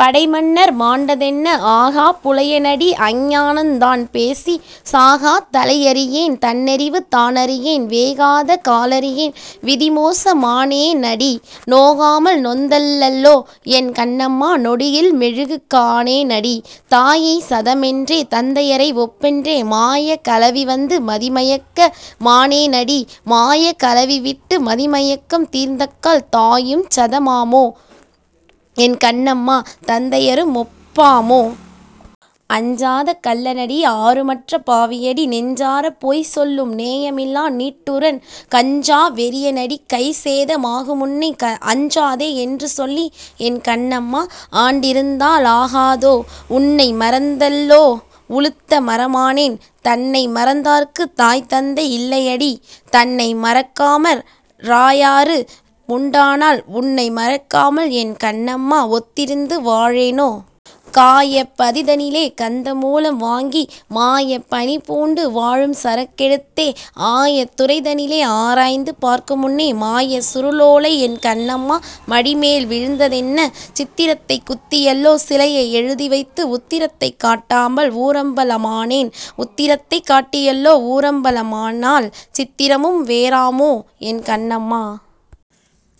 படைமன்னர் மாண்டதென்ன? ஆகாப் புலையனடி அஞ்ஞானந் தான்பேசிச் சாகாத் தலையறியேன் தன்னறிவு தானறியேன் வேகாத காலறியேன் விதிமோச மானேனடி நோகாமல் நொந்தல்லோ என் கண்ணம்மா! நொடியில்மெழு கானேனடி! தாயைச் சதமென்றே தந்தையரை ஒப்பென்றே மாயக் கலவிவந்து மதிமயக்க மானேனடி மாயக் கலவிவிட்டு மதிமயக்கம் தீர்ந்தக்கால் தாயுஞ் சதமாமோ என் கண்னம்மா தந்தையரு மொப்பாமோ? அஞ்சாத கள்ளனடி ஆருமற்ற பாவியடி நெஞ்சாரப் போய்சொல்லும் நேயமில்லா நிட்டூரன் கஞ்சா வெறியனடி கைசேத மாகுமுன்னே அஞ்சாதே யென்றுசொல்லி என் கண்ணம்மா ஆண்டிருந்தா லாகாதோ! உன்னை மறந்தல்லோ உளுத்த மரமானேன் தன்னை மறந்தார்க்குத் தாய்தந்தை யில்லையடி தன்னை மறக்காமற் றாயாரு முண்டானால் உன்னை மறக்காமல் என் கண்னம்மா ஒத்திருந்து வாழேனோ? காயப் பதிதனிலே கந்தமூலம் வாங்கி மாயப் பணிபூண்டு வாழுஞ் சரக்கெடுத்தே ஆயத் துறைதனிலே ஆராய்ந்து பார்க்குமுன்னே மாயச் சுருளோலை என் கண்ணம்மா மடிமேல் விழுந்ததென்ன? சித்திரத்தை குத்தியல்லோ சிலையை எழுதிவைத்து உத்திரத்தைக் காட்டாமல் ஊரம்ப லமானேன் உத்திரத்தைக் காட்டியல்லோ ஊரம்ப லமானால் சித்திரமும் வேறாமோ என் கண்னம்மா!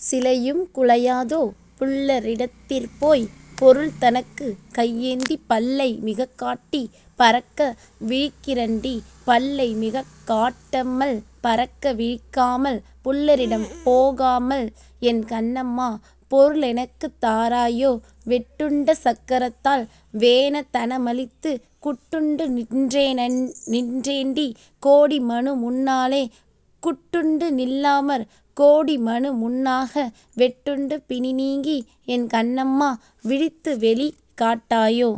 சிலையுங் குலையாதோ! புல்ல ரிடத்திற்போய்ப் பொருள்தனக்குக் கையேந்திப் பல்லை மிகக்காட்டிப் பரக்க விழிக்கிறண்டி பல்லை மிகக்காட்டமல் பரக்க விழிக்காமல் புல்லரிடம் போகமல் என் கண்ணம்மா பொருளெனக்குத் தாராயோ? வெட்டுண்ட சக்கரத்தால் வேண தனமளித்துக் குட்டுண்டு நின்றேண்டி கோடிமனு முன்னாலே குட்டுண்டு நில்லாமற் கோடிமனு முன்னாக வெட்டுண்டு பிணிநீங்கி என் கண்ணம்மா விழித்துவெளி காட்டாயோ!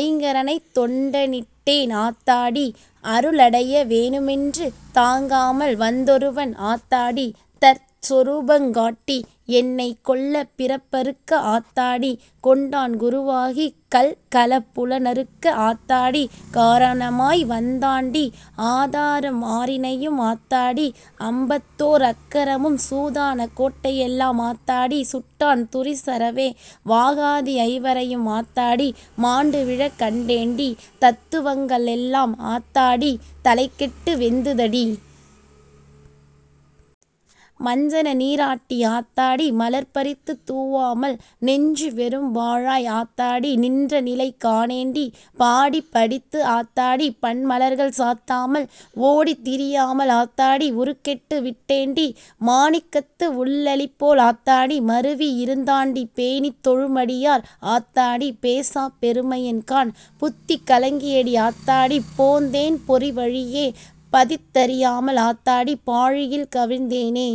ஐங்கரனைத் தொண்ட னிட்டேன் ஆத்தாடி அருளடைய வேணுமென்று தாங்காமல் வந்தொருவன் ஆத்தாடி தற்சொரூபங் காட்டி யென்னை கொள்ள பிறப்பறுக்க ஆத்தாடி கொண்டான் குருவாகி கள்களப் புலனறுக்க ஆத்தாடி காரணமாய் வந்தாண்டி. ஆதாரம் ஆறினையும் ஆத்தாடி ஐம்பத்தோர் அக்கரமும் சூதான கோட்டையெல்லாம் ஆத்தாடி சுட்டான் துரிசறவே. வாகாதி ஐவரையும் ஆத்தாடி மாண்டுவிழக் கண்டேண்டி தத்துவங்க ளெல்லாம் ஆத்தாடி தலைகெட்டு வெந்ததடி. மஞ்சன நீராட்டி ஆத்தாடி மலர்பறித்துத் தூவாமல் நெஞ்சு வெறும்பாழாய் ஆத்தாடி நின்றநிலை காணேண்டி. பாடிப் படித்து ஆத்தாடி பன்மலர்கள் சாத்தாமல் ஓடித் திரியாமல் ஆத்தாடி உருக்கெட்டு விட்டேண்டி. மாணிக்கத்து உள்ளளிபோல் ஆத்தாடி மருவி யிருந்தாண்டி பேணித் தொழுமடியார் ஆத்தாடி பேசாப் பெருமையன் காண். புத்தி கலங்கியடி ஆத்தாடி போந்தேன் பொரிவழியே பதித்தறியாமல் ஆத்தாடி பாழியில் கவிழ்ந்தேனே.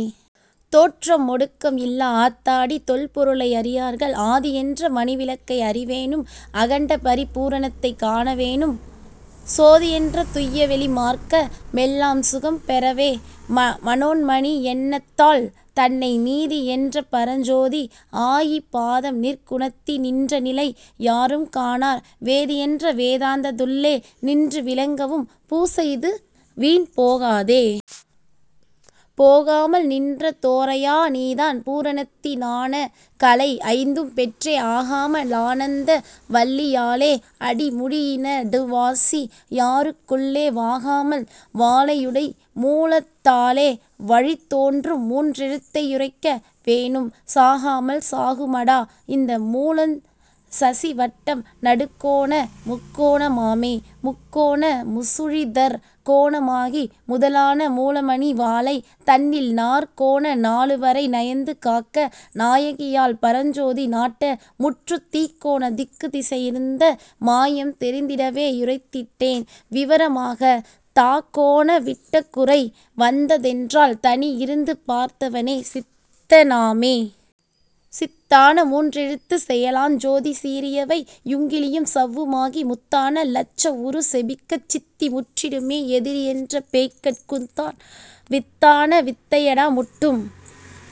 தோற்றம் மொடுக்கம் இல்லா ஆத்தாடி தொல் பொருளை அறியார்கள்... ஆதியென்ற மணிவிளக்கை அறி வேணும் அகண்டபரி பூரணத்தைக் காண வேணும் சோதியென்ற துய்யவெளி மார்க்க மெல்லாஞ் சுகம்பெறவெ மனோன்மணி யென்னாத்தாள் தன்னை நீதியென்ற பரஞ்சோதி ஆயி பாதம் நிற்குணத்தி னின்றநிலை யாருங் காணார் வேதியென்ற வேதாந்தத் துள்ளே நின்று விளங்கவும் பூசையிது வீண் போகாதே. போகாமல் நின்ற தோரையா நீதான் பூரணத்தி னானகலை ஐந்தும் பெற்றே ஆகாம லானந்த வல்லி யாலே அடிமுடியி னடுவாசி யாறுக் குள்ளே வாகாமல் வாலையுடை மூலத் தாலே வழிதோன்றும் மூன்றெழுத்தை யுரைக்க வேணும் சாகாமல் சாகுமடா இந்த மூலஞ் சசிவட்டம் நடுக்கோண முக்கோண மாமே. முக்கோண மூசுழிதற் கோண மாகி முதலான மூலமணி வாலை தன்னில் நாற்கோண நாலுவரை நயந்து காக்க நாயகியாள் பரஞ்சோதி நாட்ட முற்றுத் தீக்கோணத் திக்குதிசை யிருந்த மாயம் தெரிந்திடவே யுரைத்திட்டேன் விவர மாக தாக்கோண விட்டகுறை வந்த தென்றால் தனியிருந்து பார்த்தவனே சித்த னாமே. சித்தான மூன்றெழுத்துச் செயலாஞ் சோதி சீரியவை யுங்கிலியும் சவ்வு மாகி முத்தான லட்சவுரு செபிக்கச் சித்தி முற்றிடுமே யெதிரியென்ற பேய்கட் குந்தான் வித்தான வித்தையடா முட்டும்